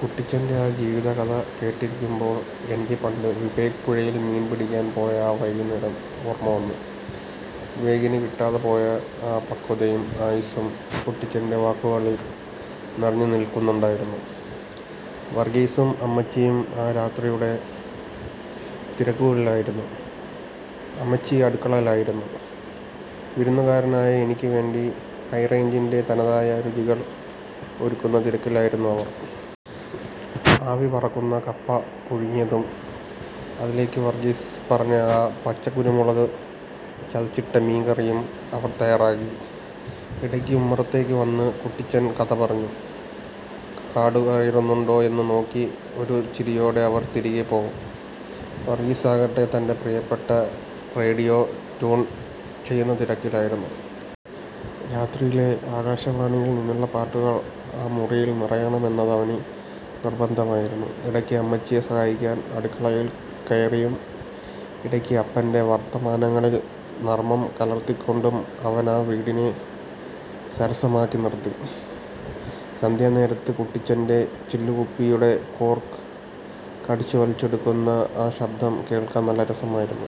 കുട്ടിച്ചന്റെ ആ ജീവിതകഥ കേട്ടിരിക്കുമ്പോൾ, എനിക്ക് പണ്ട് വിവേക് പുഴയിൽ മീൻ പിടിക്കാൻ പോയ ആ വൈകുന്നേരം ഓർമ്മ വന്നു. വിവേകിന് കിട്ടാതെ പോയ ആ പക്വതയും ആയുസ്സും കുട്ടിച്ചന്റെ വാക്കുകളിൽ നിറഞ്ഞുനിൽക്കുന്നുണ്ടായിരുന്നു. വർഗീസും അമ്മച്ചിയും ആ രാത്രിയുടെ തിരക്കുകളിലായിരുന്നു. അമ്മച്ചി അടുക്കളയിലായിരുന്നു. വിരുന്നുകാരനായ എനിക്കു വേണ്ടി ഹൈറേഞ്ചിന്റെ തനതായ രുചികൾ ഒരുക്കുന്ന തിരക്കിലായിരുന്നു അവർ. ആവി പറക്കുന്ന കപ്പ പുഴുങ്ങിയതും, അതിലേക്ക് വർഗീസ് പറഞ്ഞ ആ 'പച്ചക്കുരുമുളക്' ചതച്ചിട്ട മീൻകറിയും അവർ തയ്യാറാക്കി. ഇടയ്ക്ക് ഉമ്മറത്തേക്ക് വന്ന്, കുട്ടിച്ചൻ കഥ പറഞ്ഞു കാടുകയറുന്നുണ്ടോ എന്ന് നോക്കി ഒരു ചിരിയോടെ അവർ തിരികെ പോകും. വർഗീസാകട്ടെ, തന്റെ പ്രിയപ്പെട്ട റേഡിയോ ട്യൂൺ ചെയ്യുന്ന തിരക്കിലായിരുന്നു. രാത്രിയിലെ ആകാശവാണിയിൽ നിന്നുള്ള പാട്ടുകൾ ആ മുറിയിൽ നിറയണം എന്നത് അവന് നിർബന്ധമായിരുന്നു. ഇടയ്ക്ക് അമ്മച്ചിയെ സഹായിക്കാൻ അടുക്കളയിൽ കയറിയും, ഇടയ്ക്ക് അപ്പന്റെ വർത്തമാനങ്ങളിൽ നർമ്മം കലർത്തിക്കൊണ്ടും അവൻ ആ വീടിനെ സരസമാക്കി നിർത്തി. സന്ധ്യാനേരത്ത് കുട്ടിച്ചന്റെ ചില്ലുകുപ്പിയുടെ കോർക്ക് കടിച്ചുവലിച്ചെടുക്കുന്ന ആ ശബ്ദം കേൾക്കാൻ നല്ല രസമായിരുന്നു.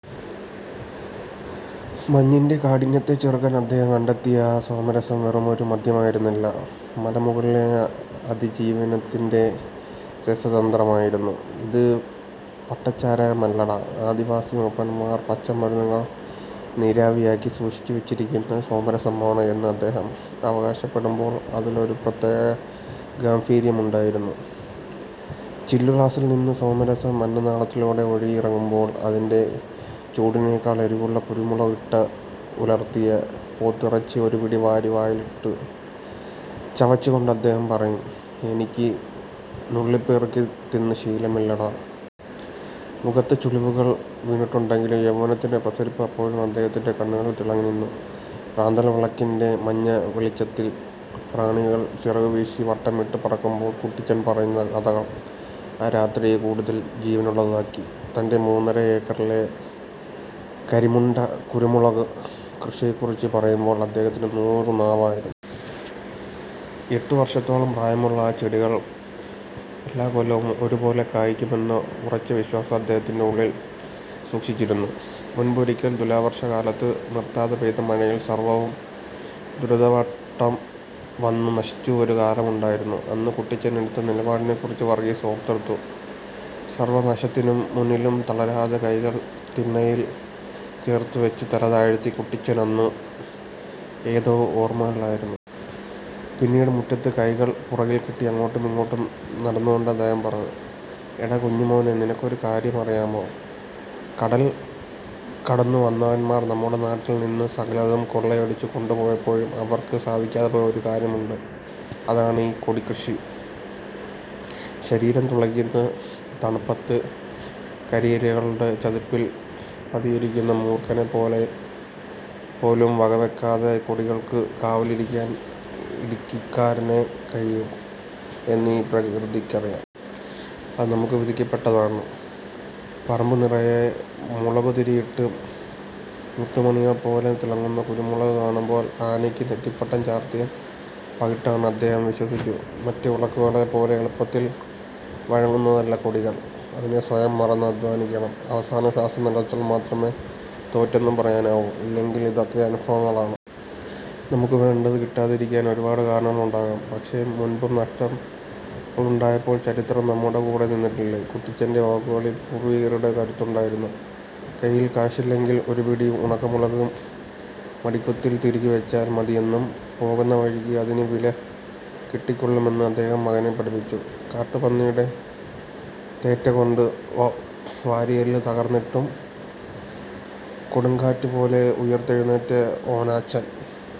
മഞ്ഞിന്റെ കാഠിന്യത്തെ ചെറുക്കാൻ അദ്ദേഹം കണ്ടെത്തിയ ആ സോമരസം വെറുമൊരു മദ്യമായിരുന്നില്ല, മലമുകളിലെ അതിജീവനത്തിന്റെ രസതന്ത്രമായിരുന്നു. "ഇത് പട്ടച്ചാരായമല്ലട... ആദിവാസി മൂപ്പന്മാർ പച്ചമരുന്നുകൾ നീരാവിയാക്കി സൂക്ഷിച്ചുവെച്ചിരിക്കുന്ന സോമരസമാണ്" എന്ന് അദ്ദേഹം അവകാശപ്പെടുമ്പോൾ അതിലൊരു പ്രത്യേക ഗാംഭീര്യമുണ്ടായിരുന്നു. ചില്ലുഗ്ലാസിൽനിന്ന് സോമരസം അന്നനാളത്തിലൂടെ ഒഴുകിയിറങ്ങുമ്പോൾ, അതിന്റെ ചൂടിനേക്കാൾ എരിവുള്ള കുരുമുളകിട്ട് ഉലർത്തിയ പോത്തിറച്ചി ഒരുപിടി വാരി വായിലിട്ട് ചവച്ചുകൊണ്ട് അദ്ദേഹം പറയും, "എനിക്ക് നുള്ളിപ്പെറുക്കി തിന്ന് ശീലമില്ലെടാ. " മുഖത്ത് ചുളിവുകൾ വീണിട്ടുണ്ടെങ്കിലും യൗവനത്തിന്റെ പ്രസരിപ്പ് അപ്പോഴും അദ്ദേഹത്തിന്റെ കണ്ണുകളിൽ തിളങ്ങിനിന്നു. റാന്തൽ വിളക്കിന്റെ മഞ്ഞവെളിച്ചത്തിൽ പ്രാണികൾ ചിറകുവീശി വട്ടമിട്ടു പറക്കുമ്പോൾ കുട്ടിച്ചൻ പറയുന്ന കഥകൾ ആ രാത്രിയെ കൂടുതൽ ജീവനുള്ളതാക്കി. തന്റെ മൂന്നര ഏക്കറിലെ കരിമുണ്ട കുരുമുളക് കൃഷിയെക്കുറിച്ച് പറയുമ്പോൾ അദ്ദേഹത്തിന് നൂറുനാവായിരുന്നു. എട്ടു വർഷത്തോളം പ്രായമുള്ള ആ ചെടികൾ എല്ലാക്കൊല്ലവും ഒരുപോലെ കായ്ക്കുമെന്ന ഉറച്ച വിശ്വാസം അദ്ദേഹം ഉള്ളിൽ സൂക്ഷിച്ചിരുന്നു. മുൻപൊരിക്കൽ തുലാവർഷക്കാലത്ത്, നിർത്താതെ പെയ്ത മഴയിൽ സർവ്വവും ദ്രുതവാട്ടം വന്ന് നശിച്ച ഒരു കാലമുണ്ടായിരുന്നു. അന്ന് കുട്ടിച്ചൻ എടുത്ത നിലപാടിനെക്കുറിച്ച് വർഗീസ് ഓർത്തെടുത്തു. സർവ്വനാശത്തിന് മുന്നിലും തളരാതെ, കൈകൾ തിണ്ണയിൽ ചേർത്തുവെച്ച് തലതാഴ്ത്തി കുട്ടിച്ചൻ അന്ന് ഏതോ ഓർമ്മകളിലായിരുന്നു. പിന്നീട് മുറ്റത്ത് കൈകൾ പുറകിൽ കെട്ടി അങ്ങോട്ടുമിങ്ങോട്ടും നടന്നുകൊണ്ട് അദ്ദേഹം പറഞ്ഞു: "എടാ കുഞ്ഞുമോനെ, നിനക്കൊരു കാര്യം അറിയാമോ? കടൽ കടന്നുവന്നവന്മാർ നമ്മുടെ നാട്ടിൽ നിന്ന് സകലതും കൊള്ളയടിച്ചു കൊണ്ടുപോയപ്പോഴും അവർക്ക് സാധിക്കാതെ പോയ ഒരു കാര്യമുണ്ട്—അതാണ് ഈ കൊടികൃഷി. ശരീരം തുളയ്ക്കുന്ന തണുപ്പത്ത്, കരിയിലകളുടെ ചതുപ്പിൽ പതിയിരിക്കുന്ന മൂർഖനെപ്പോലും വകവെക്കാതെ കൊടികൾക്ക് കാവലിരിക്കാൻ ഇടുക്കിക്കാരനേ കഴിയൂ എന്ന് ഈ പ്രകൃതിക്കറിയാം. അത് നമുക്ക് വിധിക്കപ്പെട്ടതാണ്. " പറമ്പുനിറയെ മുളക്കുതിരിയിട്ട്, മുത്തുമണികൾ പോലെ തിളങ്ങുന്ന കുരുമുളക് കാണുമ്പോൾ ആനയ്ക്ക് നെറ്റിപ്പട്ടം ചാർത്തിയ പകിട്ടാണെന്ന് അദ്ദേഹം വിശ്വസിച്ചു. മറ്റു വിളകളെപ്പോലെ എളുപ്പത്തിൽ വഴങ്ങുന്നതല്ല കൊടികൾ; അതിന് സ്വയം മറന്ന് അധ്വാനിക്കണം. "അവസാന ശ്വാസം നിലച്ചാൽ മാത്രമേ തോറ്റെന്ന് പറയാനാവൂ, ഇല്ലെങ്കിൽ ഇതൊക്കെ അനുഭവങ്ങളാണ്. നമുക്ക് വേണ്ടത് കിട്ടാതിരിക്കാൻ ഒരുപാട് കാരണങ്ങൾ ഉണ്ടാകാം, പക്ഷേ മുൻപും നഷ്ടങ്ങളുണ്ടായപ്പോൾ ചരിത്രം നമ്മുടെ കൂടെ നിന്നിട്ടില്ലേ? " കുട്ടിച്ചന്റെ വാക്കുകളിൽ പൂർവ്വികരുടെ കരുത്തുണ്ടായിരുന്നു. കയ്യിൽ കാശില്ലെങ്കിൽ ഒരുപിടി ഉണക്കമുളക് മടിക്കുത്തിൽ തിരുകിവെച്ചാൽ മതിയെന്നും, പോകുന്ന വഴിക്ക് അതിന് വില കിട്ടിക്കൊള്ളുമെന്നും അദ്ദേഹം മകനെ പഠിപ്പിച്ചു. കാട്ടുപന്നിയുടെ തേറ്റ കൊണ്ട് വാരിയെല്ല് തകർന്നിട്ടും കൊടുങ്കാറ്റ് പോലെ ഉയർത്തെഴുന്നേറ്റ ഓനാച്ചൻ